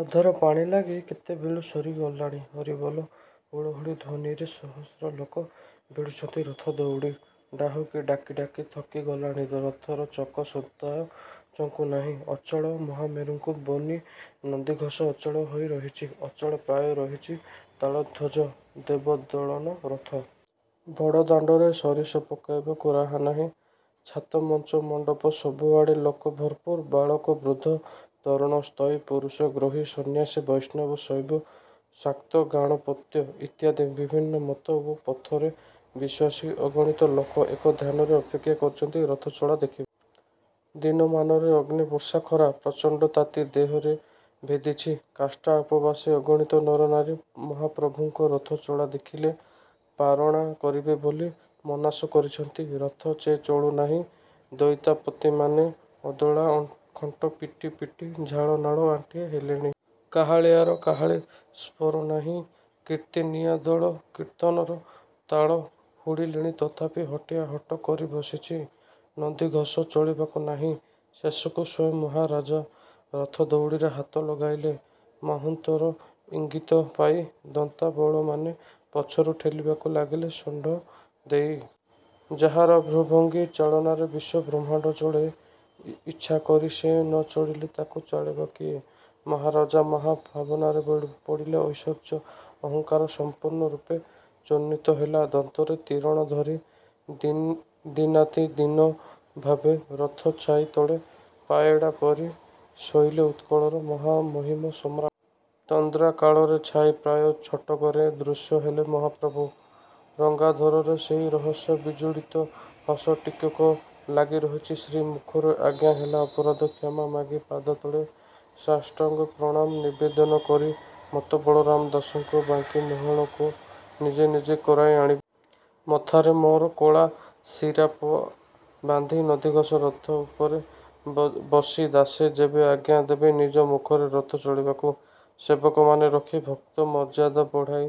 ଅଧର ପଣା ଲାଗି କେତେ ବେଳୁ ସରିଗଲାଣି। ହରିବୋଲ ହୁଳହୁଳି ଧ୍ୱନିରେ ସହସ୍ର ଲୋକ ଭିଡ଼ୁଛନ୍ତି ରଥ ଦଉଡ଼ି। ଡାହୁକ ଡାକି ଡାକି ଥକି ଗଲାଣି। ରଥର ଚକ ସୁଦ୍ଧା ସୂତାଏ ଚଙ୍କୁ ନାହିଁ। ଅଚଳ ମହାମେରୁଙ୍କୁ ବହି ନନ୍ଦିଘୋଷ ଅଚଳ ହୋଇ ରହିଛି। ଅଚଳ ପ୍ରାୟ ରହିଛି ତାଳଧ୍ୱଜ, ଦେବ ଦଳନ ରଥ। ବଡ଼ ଦାଣ୍ଡରେ ସୋରିଷ ପକାଇବାକୁ ରାହା ନାହିଁ। ଛାତ, ମଞ୍ଚ, ମଣ୍ଡପ ସବୁ ଆଡ଼େ ଲୋକ ଭରପୁର। ବାଳକ, ବୃଦ୍ଧ, ତରୁଣ, ସ୍ତୟୀ, ପୁରୁଷ, ଗୃହୀ, ସନ୍ନ୍ୟାସୀ, ବୈଷ୍ଣବ, ଶୈବ, ଶାକ୍ତ, ଗାଣପତ୍ୟ ଇତ୍ୟାଦି ବିଭିନ୍ନ ମତ ଓ ପଥରେ ବିଶ୍ୱାସୀ ଅଗଣିତ ଲୋକ ଏକ ଧ୍ୟାନରେ ଅପେକ୍ଷା କରିଛନ୍ତି ରଥଚଳା ଦେଖିବାକୁ। ଦିନମାନରେ ଅଗ୍ନି ବର୍ଷା ଖରା, ପ୍ରଚଣ୍ଡ ତାତି ଦେହରେ ଭେଦିଛି। କାଷ୍ଠା ଉପବାସି ଅଗଣିତ ନରନାରୀ, ମହାପ୍ରଭୁଙ୍କ ରଥ ଚଳା ଦେଖିଲେ ପାରଣା କରିବେ ବୋଲି ମନାଶ କରିଛନ୍ତି। ରଥ ଯେ ଚଳୁ ନାହିଁ? ଦଇତାପତିମାନେ ଅଦଳଆ ଘଣ୍ଟ ପିଟି ପିଟି ଝାଳ ନାଳ ଆଣ୍ଠିଏ ହେଲେଣି। କାହାଳିଆର କାହାଳୀ ସ୍ଫୁରୁ ନାହିଁ। କୀର୍ତ୍ତନିଆ ଦଳ କୀର୍ତ୍ତନର ତାଳ ହୁଡ଼ିଲେଣି ତଥାପି ହଟିଆ ହଟ କରି ବସିଛି। ନନ୍ଦିଘୋଷ ଚଳିବାକୁ ନାହିଁ। ଶେଷକୁ ସ୍ୱୟଂ ମହାରାଜା ରଥ ଦଉଡ଼ିରେ ହାତ ଲଗାଇଲେ। ମାହୁନ୍ତର ଇଙ୍ଗିତ ପାଇ ଦନ୍ତାବଳମାନେ ପଛରୁ ଠେଲିବାକୁ ଲାଗିଲେ ଶୁଣ୍ଢ ଦେଇ। ଯାହାର ଭ୍ରୂଭଙ୍ଗୀ ଚାଳନାରେ ବିଶ୍ୱ ବ୍ରହ୍ମାଣ୍ଡ ଚଳେ। ଇଚ୍ଛା କରି ସେ ନ ଚଳିରେ ତାକୁ ଚାଳିବ କିଏ? ମହାରାଜା ମହା ଭାବନାରେ ପଡ଼ିଲେ ଐଶ୍ୱର୍ଯ୍ୟର ଅହଙ୍କାର ସଂପୂର୍ଣ୍ଣ ରୂପେ ଚୂର୍ଣ୍ଣିତ ହେଲା। ଦନ୍ତରେ ତୀରଣ ଧରି ଦୀନାତି ଦୀନ ଭାବେ, ରଥର ଛାଇ ତଳେ, ପାଏଡ଼ା ପାରି ଶୋଇଲେ ଉତ୍କଳର ମହାମହିମ ସମ୍ରାଟ। ତନ୍ଦ୍ରା କାଳରେ ଛାଇ ପ୍ରାୟ ଛଟକରେ ଦୃଶ୍ୟ ହେଲେ ମହାପ୍ରଭୁ। ରଙ୍ଗାଧରରେ ସେଇ ରହସ୍ୟ ବିଜଡ଼ିତ ହସ ଟିକକ ଲାଗି ରହିଛି ଶ୍ରୀ ମୁଖରୁ ଆଜ୍ଞା ହେଲା ଅପରାଧ କ୍ଷମା ମାଗି ପାଦ ତଳେ ସାଷ୍ଟାଙ୍ଗ ପ୍ରଣାମ ନିବେଦନ କରି, ମତ୍ତ ବଳରାମ ଦାସଙ୍କୁ ବାଙ୍କି ମୁହାଣରୁ ନିଜେ ବିଜେ କରାଇ ଆଣିବୁ। ମଥାରେ। ମୋର କଳା ଶିରୀପା ବାନ୍ଧି, ନନ୍ଦିଘୋଷ ରଥ ଉପରେ ବସି ଦାସେ ଯେବେ ଆଜ୍ଞା ଦେବେ ନିଜ ମୁଖରେ ରଥ ଚଳିବାକୁ। ସେବକ ମାନ ରଖି ଭକ୍ତ ମର୍ଯ୍ୟାଦା ବଢ଼ାଇ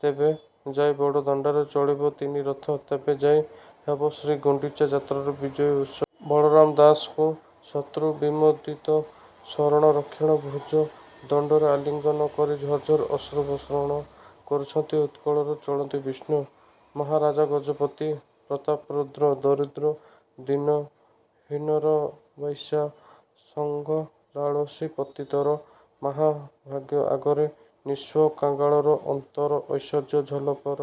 ତେବେ ଯାଇ ବଡ଼ ଦାଣ୍ଡରେ ଚଳିବ ତିନିରଥ। ତେବେ ଯାଇ ହେବ ଶ୍ରୀ ଗୁଣ୍ଡିଚା ଯାତ୍ରାର ବିଜୟ ଉତ୍ସବ। ବଳରାମ ଦାସଙ୍କୁ ଶତ୍ରୁ ବିମର୍ଦିତ, ଶରଣ ରକ୍ଷଣ ଭୂଜ ଦଣ୍ଡରେ ଆଲିଙ୍ଗନ କରି ଝର ଝର ଅଶ୍ରୁ ବର୍ଷଣ କରୁଛନ୍ତି ଉତ୍କଳର ଚଳନ୍ତି ବିଷ୍ଣୁ, ମହାରାଜାଗଜପତି ପ୍ରତାପରୁଦ୍ର। ଦରିଦ୍ର ଦୀନ ହୀନର, ବେଶ୍ୟା ସଂଗଲାଳସୀ ପତିତର, ମହାଭାଗ୍ୟ ଆଗରେ, ନିଃସ୍ୱ କାଙ୍ଗାଳର, ଅନ୍ତର ଐଶ୍ୱର୍ଯ୍ୟ ଝଲକର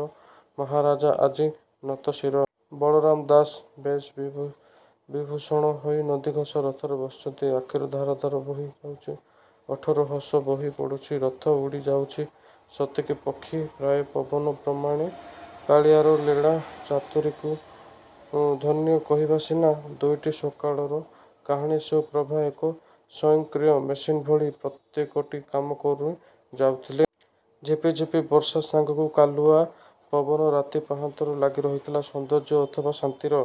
ମହାରାଜ ଆଜି ନତଶିର। ବଳରାମ ଦାସ ବେଶ ବିଭୂଷଣ ହୋଇ ନନ୍ଦିଘୋଷ ରଥରେ ବସିଛନ୍ତି। ଆଖିରୁ ଧାର ଧାର ବୋହି ଯାଉଛି, ଓଠରୁ ହସ ବୋହି ପଡ଼ୁଛି। ରଥ ଉଡ଼ି ଯାଉଛି ସତେକି ପକ୍ଷୀ ପ୍ରାୟ ପବନ ପ୍ରମାଣେ। କାଳିଆର ଲୀଳା ଚାତୁରୀକୁ ଧନ୍ୟ କହିବା ସିନା? ଦୁଇଟି ସକାଳର କାହାଣୀ ସୁପ୍ରଭା ଏକ ସ୍ୱୟଂକ୍ରିୟ ମେସିନ୍ ଭଳି, ପ୍ରତ୍ୟେକଟି କାମ କରି ଯାଉଥିଲେ। ଝିପି ଝିପି ବର୍ଷା ସାଙ୍ଗକୁ କାଲୁଆ ପବନ ରାତି ପାହାନ୍ତାରୁ ଲାଗି ରହିଥିଲା, ସୌନ୍ଦର୍ଯ୍ୟ ଅଥବା ଶାନ୍ତିର